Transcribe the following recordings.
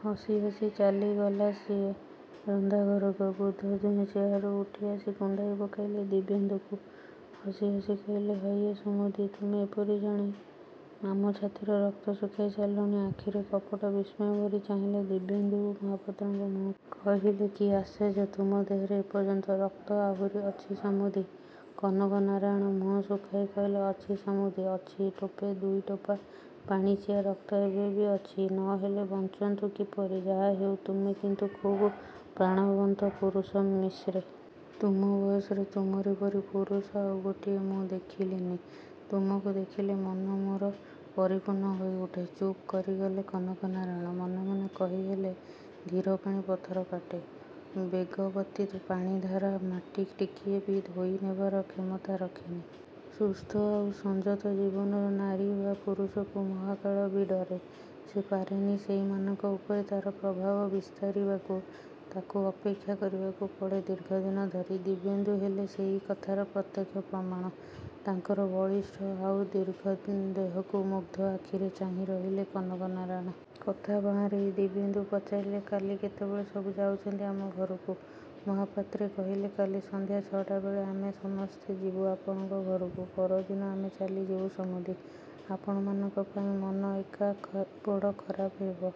ହସି ହସି ଚାଲିଗଲା ସିଏ ରନ୍ଧା ଘରକୁ। ବୃଦ୍ଧ ଦୁହେଁ ଚେୟାରରୁ ଉଠି ଆସି କୁଣ୍ଢାଇ ପକାଇଲେ ଦିବ୍ୟେନ୍ଦୁଙ୍କୁ। ହସି ହସି କହିଲେ ହଇଏ ସମୁଦି, ତୁମେ ଏପରି ଜଣେ? ଆମ ଛାତିର ରକ୍ତ ଶୁଖାଇ ସାରିଲଣି। ଆଖିରେ କପଟ ବିସ୍ମୟ ଭରି ଚାହିଁଲେ ଦିବ୍ୟେନ୍ଦୁ ମହାପାତ୍ରଙ୍କ ମୁହଁକୁ। କହିଲେ କି ଆଶ୍ଚର୍ଯ୍ୟ, ତୁମ ଦେହରେ ଏପର୍ଯ୍ୟନ୍ତ ରକ୍ତ ଆହୁରି ଅଛି ସମୁଦି? କନକନାରାୟଣ ମୁହଁ ଶୁଖାଇ କହିଲେ ଅଛି ସମୁଦି, ଅଛି ଟୋପେ ଦୁଇଟୋପା ପାଣିଚିଆ ରକ୍ତ ଏବେ ବି ଅଛି। ନ ହେଲେ ବଞ୍ଚନ୍ତୁ କିପରି। ଯାହାହେଉ, ତୁମେ କିନ୍ତୁ ଖୁବ୍ ପ୍ରାଣବନ୍ତ ପୁରୁଷ ମିଶ୍ରେ। ତୁମ ବୟସରେ ତୁମରି ପରି ପୁରୁଷ ଆଉ ଗୋଟିଏ ମୁଁ ଦେଖିଲିନି। ତୁମକୁ ଦେଖିଲେ ମନ ମୋର ପରିପୂର୍ଣ୍ଣ ହୋଇ ଉଠେ। ଚୁପ୍ କରିଗଲେ କନକନାରାୟଣ। ମନେ ମନେ କହିହେଲେ 'ଧୀର ପାଣି ପଥର କାଟେ'। ବେଗବତୀ ପାଣିଧାରା ମାଟି ଟିକିଏ ବି ଧୋଇ ନେବାର କ୍ଷମତା ରଖେନି। ସୁସ୍ଥ ଆଉ ସଂଯତ ଜୀବନର ନାରୀ ବା ପୁରୁଷକୁ ମହାକାଳ ବି ଡରେ। ସେ ପାରେନି ସେଇମାନଙ୍କ ଉପରେ ତା'ର ପ୍ରଭାବ ବିସ୍ତାରିବାକୁ। ତାକୁ ଅପେକ୍ଷା କରିବାକୁ ପଡ଼େ ଦୀର୍ଘଦିନ ଧରି। ଦିବ୍ୟେନ୍ଦୁ ହେଲେ ସେହି କଥାର ପ୍ରତ୍ୟକ୍ଷ ପ୍ରମାଣ। ତାଙ୍କର ବଳିଷ୍ଠ ଆଉ ଦୀର୍ଘ ଦେହକୁ ମୁଗ୍ଧ ଆଖିରେ ଚାହିଁ ରହିଲେ କନକନାରାୟଣ। କଥା ବାଆଁରେଇ ଦିବ୍ୟେନ୍ଦୁ ପଚାରିଲେ କାଲି କେତେବେଳେ ସବୁ ଯାଉଛନ୍ତି ଆମ ଘରକୁ। ମହାପାତ୍ରେ କହିଲେ କାଲି ସନ୍ଧ୍ୟା ଛଅଟା ବେଳେ ଆମେ ସମସ୍ତେ ଯିବୁ ଆପଣଙ୍କ ଘରକୁ। ପରଦିନ ଆମେ ଚାଲିଯିବୁ ସମୁଦି। ଆପଣମାନଙ୍କ ପାଇଁ ମନ ଏକା ବଡ଼ ଖରାପ ହେବ।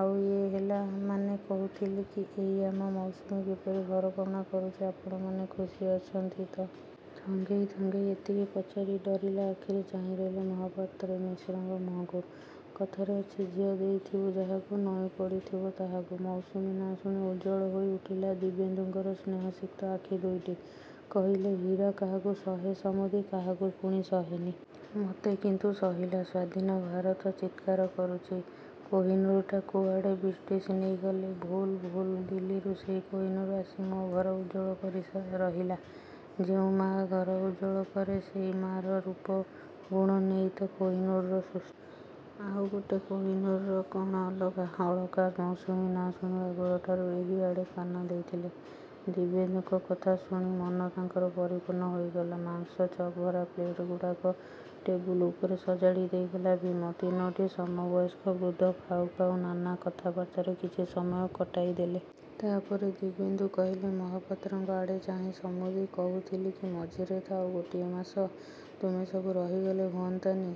ଆଉ ଏ ହେଲା, ମାନେ କହୁଥିଲି କି ଏଇ ଆମ ମୌସୁମୀ, କିପରି ଘରକରଣା କରୁଛି, ଆପଣମାନେ ଖୁସି ଅଛନ୍ତି ତ? ଥଙ୍ଗେଇ, ଥଙ୍ଗେଇ ଏତିକି ପଚାରି ଡରିଲା ଆଖିରେ ଚାହିଁ ରହିଲେ ମହାପାତ୍ରେ ମିଶ୍ରଙ୍କ ମୁହଁକୁ। କଥାରେ ଅଛି "ଝିଅ ଦେଇଥିବୁ ଯାହାକୁ, ନଇଁ ପଡ଼ିଥିବ ତାହାକୁ।" ମୌସୁମୀ ନାଁ ଶୁଣି ଉଜ୍ଜ୍ୱଳ ହୋଇ ଉଠିଲା ଦିବ୍ୟେନ୍ଦୁଙ୍କର ସ୍ନେହସିକ୍ତ ଆଖି ଦୁଇଟି। କହିଲେ ହୀରା କାହାକୁ ସହେ ସମୁଦି କାହାକୁ ପୁଣି ସହେନି। ମତେ କିନ୍ତୁ ସହିଲା। ସ୍ୱାଧୀନ ଭାରତ ଚିତ୍କାର କରୁଛି, କୋହିନୂରଟା କୁଆଡ଼େ ବ୍ରିଟିଶ ନେଇଗଲେ। ଭୁଲ, ଭୁଲ, ଦିଲ୍ଲୀରୁ ସେହି କୋହିନୂର ଆସି ମୋ ଘର ଉଜ୍ଜ୍ୱଳ କରି ରହିଲା। ଯେଉଁ ମାଆ ଘର ଉଜ୍ଜ୍ୱଳ କରେ ସେଇ ମାଆର ରୂପ ଗୁଣ ନେଇ ତ କୋହିନୂରର ସୃଷ୍ଟି। ଆଉ ଗୋଟେ କୋହିନୂର କ'ଣ ଅଲଗା? ଅଳକା ମୌସୁମୀ ନାଁ ଶୁଣିବା ବେଳଠାରୁ ଏହିଆଡ଼େ କାନ ଦେଇଥିଲେ। ଦିବ୍ୟେନ୍ଦୁଙ୍କ କଥା ଶୁଣି ମନ ତାଙ୍କର ପରିପୂର୍ଣ୍ଣ ହୋଇଗଲା। ମାଂସ ଚପ୍ ଭରା ପ୍ଲେଟ୍‌ଗୁଡ଼ାକ ଟେବୁଲ୍ ଉପରେ ସଜାଡ଼ି ଦେଇଗଲା ଭୀମ। ତିନୋଟି ସମବୟସ୍କ ବୃଦ୍ଧ ଖାଉ ଖାଉ ନାନା କଥାବାର୍ତ୍ତାରେ କିଛି ସମୟ କଟାଇ ଦେଲେ। ତା' ପରେ ଦିବ୍ୟେନ୍ଦୁ କହିଲେ ମହାପାତ୍ରଙ୍କ ଆଡ଼େ ଚାହିଁ ସମୁଦି କହୁଥିଲି କି ମଝିରେ ତ ଆଉ ଗୋଟିଏ ମାସ। ତୁମେ ସବୁ ରହିଗଲେ ହୁଅନ୍ତାନି?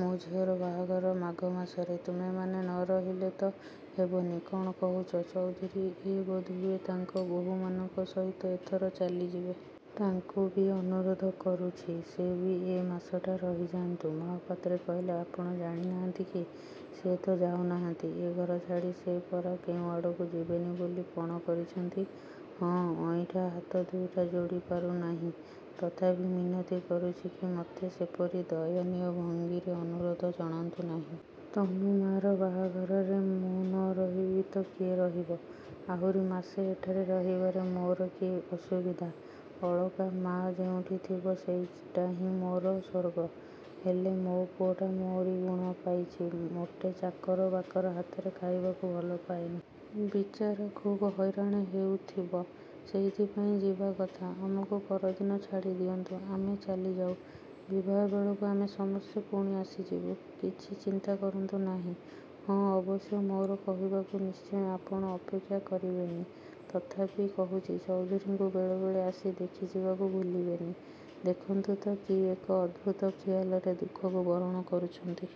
ମୋ ଝିଅର ବାହାଘର ମାଘ ମାସରେ। ତୁମେମାନେ ନ ରହିଲେ ତ ହେବନି। କ'ଣ କହୁଛ? ଚୌଧୁରୀ ଏ ବୋଧହୁଏ ତାଙ୍କ ବୋହୂମାନଙ୍କ ସହିତ ଏଥର ଚାଲିଯିବେ। ତାଙ୍କୁ ବି ଅନୁରୋଧ କରୁଛି। ସେ ବି ଏ ମାସଟା ରହିଯାଆନ୍ତୁ। ମହାପାତ୍ରେ କହିଲେ ଆପଣ ଜାଣିନାହାନ୍ତି କି? ସେ ତ ଯାଉନାହାନ୍ତି। ଏ ଘର ଛାଡ଼ି ସେ ପରା କେଉଁଆଡ଼କୁ ଯିବେନି ବୋଲି ପଣ କରିଛନ୍ତି। ହଁ, ଅଇଁଠା ହାତ ଦୁଇଟା ଯୋଡ଼ି ପାରୁ ନାହିଁ, ତଥାପି ମିନତି କରୁଛି କି ମତେ, ସେପରି ଦୟନୀୟ ଭଙ୍ଗୀରେ ଅନୁରୋଧ ଜଣାନ୍ତୁ ନାହିଁ। ତନୁ ମା'ର ବାହାଘରରେ ମୁଁ ନ ରହିବି ତ କିଏ ରହିବ? ଆହୁରି ମାସେ ଏଠାରେ ରହିବାରେ ମୋର କି ଅସୁବିଧା। ଅଳକା ମା' ଯେଉଁଠି ଥିବ ସେଇଟାହିଁ ମୋର ସ୍ୱର୍ଗ। ହେଲେ ମୋ ପୁଅଟା ମୋରି ଗୁଣ ପାଇଛି। ମୋଟେ ଚାକର ବାକର ହାତରେ ଖାଇବାକୁ ଭଲ ପାଏନି। ବିଚାର ଖୁବ୍ ହଇରାଣ ହେଉଥିବ। ସେଇଥିପାଇଁ ଯିବା କଥା। ଆମକୁ ପରଦିନ ଛାଡ଼ି ଦିଅନ୍ତୁ, ଆମେ ଚାଲିଯାଉ। ବିବାହ ବେଳକୁ ଆମେ ସମସ୍ତେ ପୁଣି ଆସିଯିବୁ। କିଛି ଚିନ୍ତା କରନ୍ତୁ ନାହିଁ। ହଁ, ଅବଶ୍ୟ ମୋର କହିବାକୁ ନିଶ୍ଚୟ ଆପଣ ଅପେକ୍ଷା କରିବେନି, ତଥାପି କହୁଛି ଚୌଧୁରୀଙ୍କୁ ବେଳେ ବେଳେ ଆସି ଦେଖିଯିବାକୁ ଭୁଲିବେନି। ଦେଖନ୍ତୁ ତ କି ଏକ ଅଦ୍ଭୁତ ଖିଆଲରେ ଦୁଃଖକୁ ବରଣ କରୁଛନ୍ତି।